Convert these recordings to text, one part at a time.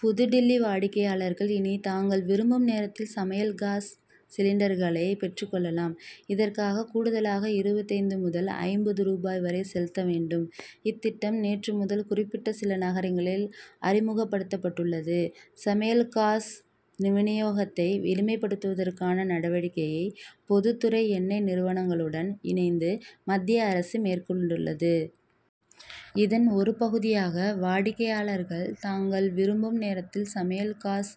புதுடில்லி வாடிக்கையாளர்கள், இனி தாங்கள் விரும்பும் நேரத்தில் சமையல் காஸ் சிலிண்டர்களை பெற்றுக் கொள்ளலாம். இதற்காக கூடுதலாக இருபத்தைந்து முதல், ஐம்பது ரூபாய் வரை செலுத்த வேண்டும். இத்திட்டம், நேற்று முதல் குறிப்பிட்ட சில நகரங்களில் அறிமுகப்படுத்தப்பட்டுள்ளது. சமையல் காஸ் வினியோகத்தை எளிமைப்படுத்துவதற்கான நடவடிக்கையை, பொதுத்துறை எண்ணெய் நிறுவனங்களுடன் இணைந்து, மத்திய அரசு மேற்கொண்டுள்ளது. இதன் ஒரு பகுதியாக, வாடிக்கையாளர்கள், தாங்கள் விரும்பும் நேரத்தில் சமையல் காஸ்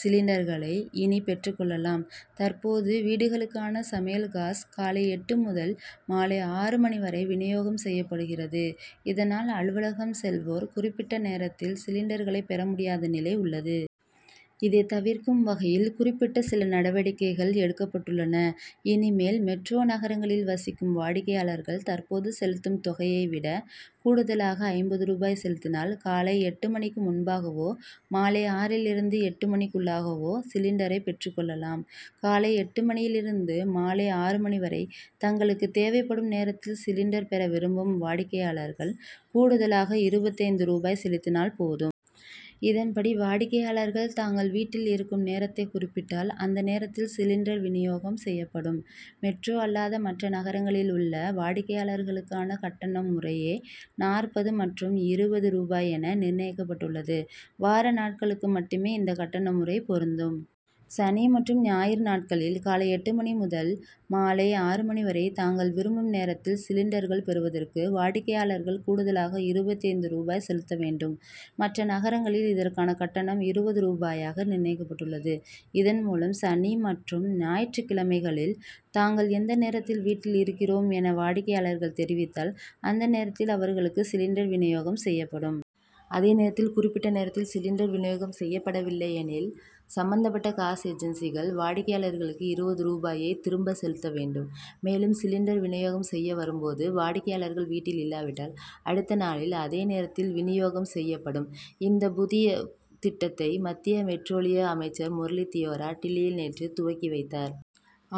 சிலிண்டர்களை இனி பெற்றுக் கொள்ளலாம். தற்போது, வீடுகளுக்கான சமையல் காஸ், காலை எட்டு முதல், மாலை ஆறு மணி வரை வினியோகம் செய்யப்படுகிறது. இதனால் அலுவலகம் செல்வோர், குறிப்பிட்ட நேரத்தில் சிலிண்டர்களை பெற முடியாத நிலை உள்ளது. இதை தவிர்க்கும் வகையில், குறிப்பிட்ட சில நடவடிக்கைகள் எடுக்கப்பட்டுள்ளன. இனிமேல், மெட்ரோ நகரங்களில் வசிக்கும் வாடிக்கையாளர்கள் தற்போது செலுத்தும் தொகையை விட, கூடுதலாக ஐம்பது ரூபாய் செலுத்தினால், காலை எட்டு மணிக்கு முன்பாகவோ, மாலை ஆறிலிருந்து எட்டு மணிக்குள்ளாகவோ சிலிண்டரை பெற்றுக் கொள்ளலாம். காலை எட்டு மணியில் இருந்து, மாலை ஆறு மணி வரை, தங்களுக்கு தேவைப்படும் நேரத்தில் சிலிண்டர் பெற விரும்பும் வாடிக்கையாளர்கள், கூடுதலாக இருபத்தைந்து ரூபாய் செலுத்தினால் போதும். இதன்படி, வாடிக்கையாளர்கள், தாங்கள் வீட்டில் இருக்கும் நேரத்தை குறிப்பிட்டால், அந்த நேரத்தில் சிலிண்டர் வினியோகம் செய்யப்படும். மெட்ரோ அல்லாத மற்ற நகரங்களில் உள்ள வாடிக்கையாளர்களுக்கான கட்டணம் முறையே நாற்பது மற்றும் இருபது ரூபாய் என, நிர்ணயிக்கப்பட்டுள்ளது. வார நாட்களுக்கு மட்டுமே இந்த கட்டண முறை பொருந்தும். சனி மற்றும் ஞாயிறு நாட்களில், காலை எட்டு முதல் மாலை ஆறு மணி வரை, தாங்கள் விரும்பும் நேரத்தில் சிலிண்டர்கள் பெறுவதற்கு, வாடிக்கையாளர்கள் கூடுதலாக இருபத்தைந்து ரூபாய் செலுத்த வேண்டும். மற்ற நகரங்களில் இதற்கான கட்டணம் இருபது ரூபாயாக நிர்ணயிக்கப்பட்டுள்ளது. இதன்மூலம், சனி மற்றும் ஞாயிற்றுக் கிழமைகளில், தாங்கள் எந்த நேரத்தில் வீட்டில் இருக்கிறோம் என, வாடிக்கையாளர்கள் தெரிவித்தால், அந்த நேரத்தில் அவர்களுக்கு சிலிண்டர் வினியோகம் செய்யப்படும். அதே நேரத்தில், குறிப்பிட்ட நேரத்தில் சிலிண்டர் வினியோகம் செய்யப்படவில்லை எனில், சம்பந்தப்பட்ட காஸ் ஏஜன்சிக்கள், வாடிக்கையாளர்களுக்கு இருபது ரூபாயை திரும்ப செலுத்த வேண்டும். மேலும், சிலிண்டர் வினியோகம் செய்ய வரும்போது, வாடிக்கையாளர்கள் வீட்டில் இல்லாவிட்டால், அடுத்த நாளில் அதே நேரத்தில் வினியோகம் செய்யப்படும். இந்த புதிய திட்டத்தை மத்திய பெட்ரோலிய அமைச்சர் முரளி தியோரா, டில்லியில் நேற்று துவக்கி வைத்தார்.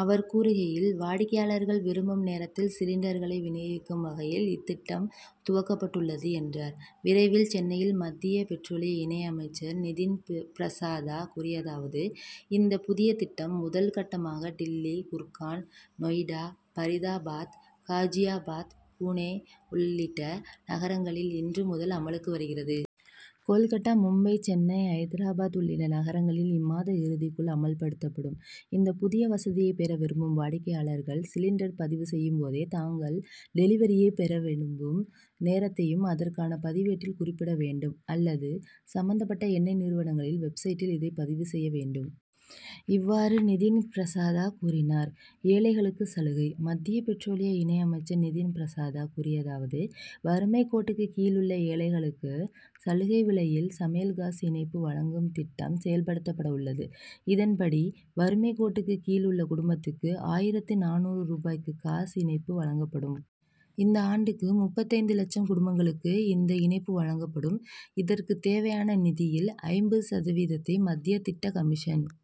அவர் கூறுகையில், வாடிக்கையாளர்கள் விரும்பும் நேரத்தில் சிலிண்டர்களை வினியோகிக்கும் வகையில், இத்திட்டம் துவங்கப்பட்டுள்ளது என்றார். விரைவில் சென்னையில் மத்திய பெட்ரோலிய இணை அமைச்சர் நிதின் பிரசாதா கூறியதாவது இந்த புதிய திட்டம், முதல் கட்டமாக டில்லி, குர்கான், நொய்டா, பரிதாபாத், காஜியாபாத், புனே உள்ளிட்ட நகரங்களில் இன்று முதல் அமலுக்கு வருகிறது. கோல்கட்டா, மும்பை, சென்னை, ஐதராபாத் உள்ளிட்ட நகரங்களில் இம்மாத இறுதிக்குள் அமல்படுத்தப்படும். இந்த புதிய வசதியை பெற விரும்பும் வாடிக்கையாளர்கள், சிலிண்டர் பதிவு செய்யும்போதே, தாங்கள் டெலிவரியை பெற விரும்பும் நேரத்தையும் அதற்கான பதிவேட்டில் குறிப்பிட வேண்டும் அல்லது சம்பந்தப்பட்ட எண்ணெய் நிறுவனங்களின், வெப்சைட்டில் இதை பதிவு செய்ய வேண்டும். இவ்வாறு நிதின் பிரசாதா கூறினார். ஏழைகளுக்கு சலுகை மத்திய பெட்ரோலிய இணை அமைச்சர் நிதின் பிரசாதா கூறியதாவது வறுமைக் கோட்டுக்கு கீழ் உள்ள ஏழைகளுக்கு சலுகை விலையில் சமையல் காஸ் இணைப்பு வழங்கும் திட்டம் செயல்படுத்தப்பட உள்ளது. இதன்படி, வறுமைக் கோட்டுக்கு கீழ் உள்ள குடும்பத்துக்கு, ஆயிரத்து நானூறு ரூபாய்க்கு காஸ் இணைப்பு வழங்கப்படும். ஒரு ஆண்டுக்கு முப்பத்தைந்து லட்சம் குடும்பங்களுக்கு இந்த இணைப்பு வழங்கப்படும். இதற்கு தேவையான நிதியில், ஐம்பது சதவீதத்தை மத்திய திட்ட கமிஷன்